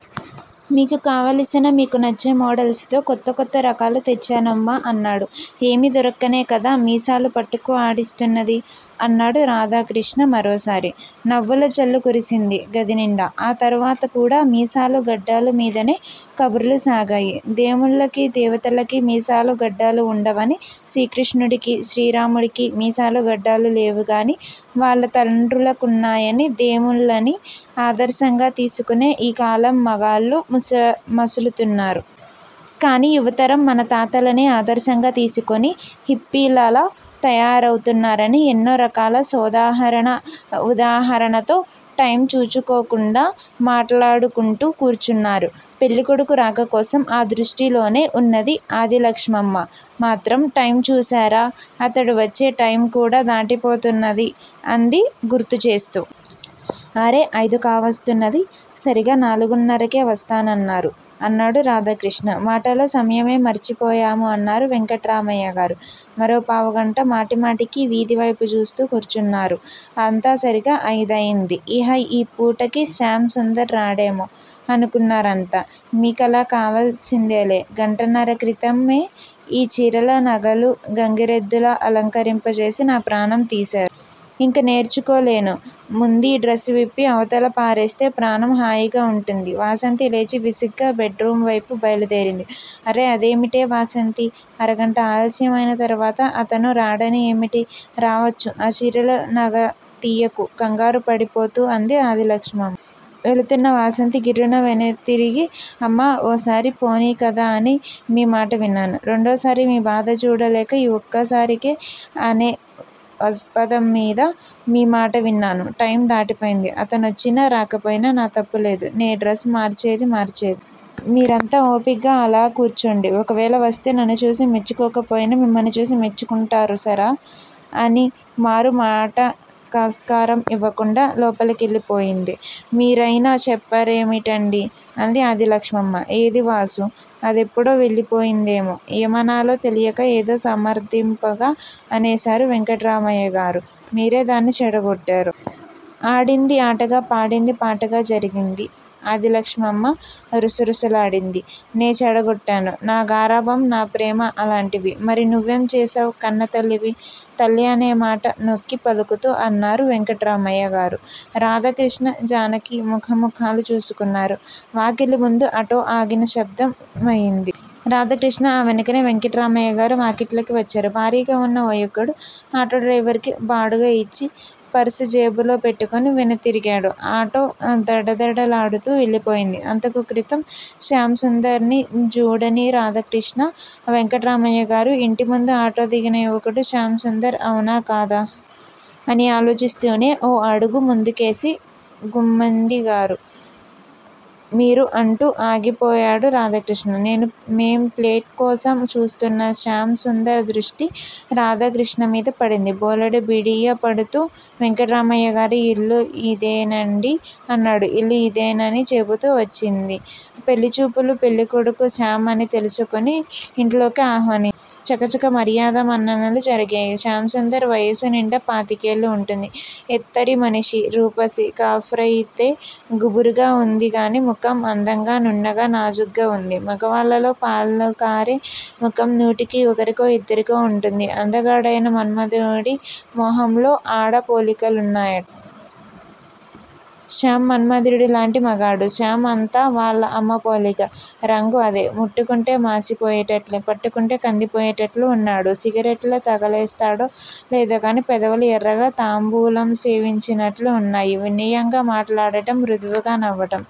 మీకు కావలసిన మీకు నచ్చే మోడల్సుతో కొత్త కొత్త రకాలు తెచ్చానమ్మా! అన్నాడు. ఏమి దొరక్కనే కదా మీసాలు పట్టుకు ఆడిస్తున్నది? అన్నాడు రాధాకృష్ణ మరోసారి. నవ్వుల జల్లు కురిసింది గది నిండా. ఆ తర్వాత కూడా మీసాలు గడ్డాలు మీదనే కబుర్లు సాగాయి. దేముళ్ళకి దేవతలకి మీసాలు గడ్డాలు వుండవని శ్రీకృష్ణుడికి, శ్రీరాముడికి మీసాలు గడ్డాలు లేవుగాని వాళ్ళ తండ్రులకున్నాయని దేముళ్ళని ఆదర్శంగా తీసుకునే ఈ కాలం మగాళ్ళు ముస మసులుతున్నారు. కాని యువతరం మన తాతలనే ఆదర్శంగా తీసుకుని హిప్పీలలా తయారవుతున్నారని ఎన్నో రకాల సోదాహరణ వుదాహరణతో టైమ్ చూచుకోకుండా మాట్లాడుకుంటూ కూర్చున్నారు. పెళ్లికొడుకు రాక కోసం ఆ దృష్టిలోనే వున్న ఆదిలక్ష్మమ్మ మాత్రం టైము చూశారా? అతగాడు వచ్చే టైమ్ కూడ దాటి పోతున్నది అంది గుర్తుచేస్తూ. అరె అయిదు కావస్తున్నది. సరీగా నాలుగున్నరకే వస్తానన్నారు. అన్నాడు రాధాకృష్ణ. మాటల్లో సమయమే మర్చిపోయాము అన్నారు వెంకట్రామయ్యగారు. మరో పావు గంట మాటి మాటికి వీధి వైపు జూస్తూ కూర్చున్నారు. అంతా సరీగ అయిదయింది. ఇహ ఈ పూటకి శ్యామ్ సుందర్ రాడేమో? అనుకున్నారంతా. మీకలా కావసిందేలే, గంటన్నర క్రితమే ఈ చీరలు నగలు గంగిరెద్దులా అలంకరింపజేసి నా ప్రాణం తీశా ఇంక నేకూర్చోలేను. ముందీ డ్రస్ విప్పి అవతల పారేస్తే ప్రాణం హాయిగా వుంటుంది. వాసంతి లేచి విసుగ్గా బెడ్ రూమ్ వైపు బయలుదేరింది. అరె అదేమిటే వాసంతీ? అరగంట ఆలస్యం అయిన తర్వాత అతను రాడని ఏమిటి? రావచ్చు ఆ చీర నగలు తియ్యకు కంగారు పడిపోతూ అంది ఆదిలక్ష్మమ్మ. వెళుతున్న వాసంతి గిర్రున వెనుతిరిగి అమ్మా ఓసారి పోనీ కదా అని మీ మాట విన్నాను. రెండోసారి మీ బాధ జూడలేక ఈ వక్కసారికే అనే వప్పందంమీద మీ మాట విన్నాను. టైమ్ దాటిపోయింది. అతనొచ్చినా రాకపోయినా నా తప్పులేదు. నే డ్రస్ మార్చేది మార్చే మీరంతా ఓపిగ్గా అలా కూర్చోండి ఓవేళ వస్తే నన్ను చూసి మెచ్చుకోకపోయినా మిమ్మల్ని చూసి మెచ్చుకుంటారు సరా! అని మారు మాటకాస్కారం యివ్వకుండా లోపలికెళ్ళిపోయింది. మీరయినా చెప్పరేమిటండి? అంది ఆదిలక్ష్మమ్మ. ఏది వాసు? అదెప్పుడో వెళ్లిపోయిందామె? ఏమనాలో తెలియక ఏదో సమర్ధింపుగా అనేశారు వెంకట్రామయ్యగారు. మీరే దాన్ని చెడగొట్టారు. ఆడింది ఆటగా పాడింది పాటగా జరిగింది ఆదిలక్ష్మమ్మ రుసరుసలాడింది. నే చెడగొట్టాను. నా గారాభం నాప్రేమ అలాంటివి. మరి నువ్వేం చేశావ్, కన్నతల్లివి? తల్లి అనేమాట నొక్కి పలుకుతూ అన్నారు వెంకట్రామయ్య గారు. రాధాకృష్ణ, జానకి ముఖ ముఖాలు చూసుకున్నారు. వాకిలి ముందు ఆటో ఆగిన శబ్దమయింది. రాధాకృష్ణ ఆ వెనుకనే వెంకట్రామయ్య గారు వాకిట్లోకి వచ్చారు. భారీగా వున్న ఓ యువకుడు. ఆటో డ్రైవర్ కి బాడుగ యిచ్చి పర్స జేబులో పెట్టుకుని వెనుతిరిగాడు. ఆటో దడదడలాడుతూ వెళ్ళిపోయింది. అంతకు క్రితం శ్యామ్ సుందర్ ని జూడని రాధాకృష్ణ వెంకట్రామయ్య గారు, ఇంటి ముందు ఆటో దిగిన యువకుడు శ్యామ్ సుందర్ అవునా కాదా! అని ఆలోచిస్తూనే ఓ అడుగు ముందుకేసి గుమ్మంది గారు. మీరు! అంటూ ఆగిపోయాడు రాధాకృష్ణ. నేమ్ ప్లేట్ కోసం చూస్తున్న శ్యామ్ సుందర్ దృష్టి రాధాకృష్ణ మీద పడింది. బోలెడు బిడియపడుతూ వెంకట్రామయ్యగారి యిల్లుయిదేనాండి! అన్నాడు. ఇల్లు యిదేనని చెపుతు వచ్చింది. పెళ్లిచూపుల పెళ్ళికొడుకు శ్యామ్ అని తెల్సుకుని ఇంట్లోకి ఆహ్వాని చకచక మర్యాద మన్ననలు జరిగాయి. శ్యామ్ సుందర్ వయసు నిండా పాతికేళ్ళు వుంటుంది. ఎత్తరి మనిషి, రూపశి, క్రాఫయితే గుబురుగా వుందిగాని ముఖం అందంగా నున్నగా నాజూగ్గా వుంది. మగవాళ్ళల్లో పాలుకారే ముఖం నూటికి ఒకరికో యిద్దరికో వుంటుంది. అందగాడయిన మన్మధుడి మొహంలో ఆడ పోలికలున్నాయ శ్యామ్ మన్మధుడిలాంటి మగాడు. శ్యామ్ అంతా వాళ్ళ అమ్మ పోలిక. రంగూ అదే. ముట్టుకుంటే మాశి పోయేటట్లు పట్టుకుంటే కందిపోయేటట్లు వున్నాడు. సిగరెట్లు తగలేస్తాడో లేదోగాని పెదవులు ఎర్రగా తాంబూలం సేవించినట్లు వున్నాయి. వినయంగా మాట్లాడటం మృదువుగా నవ్వటం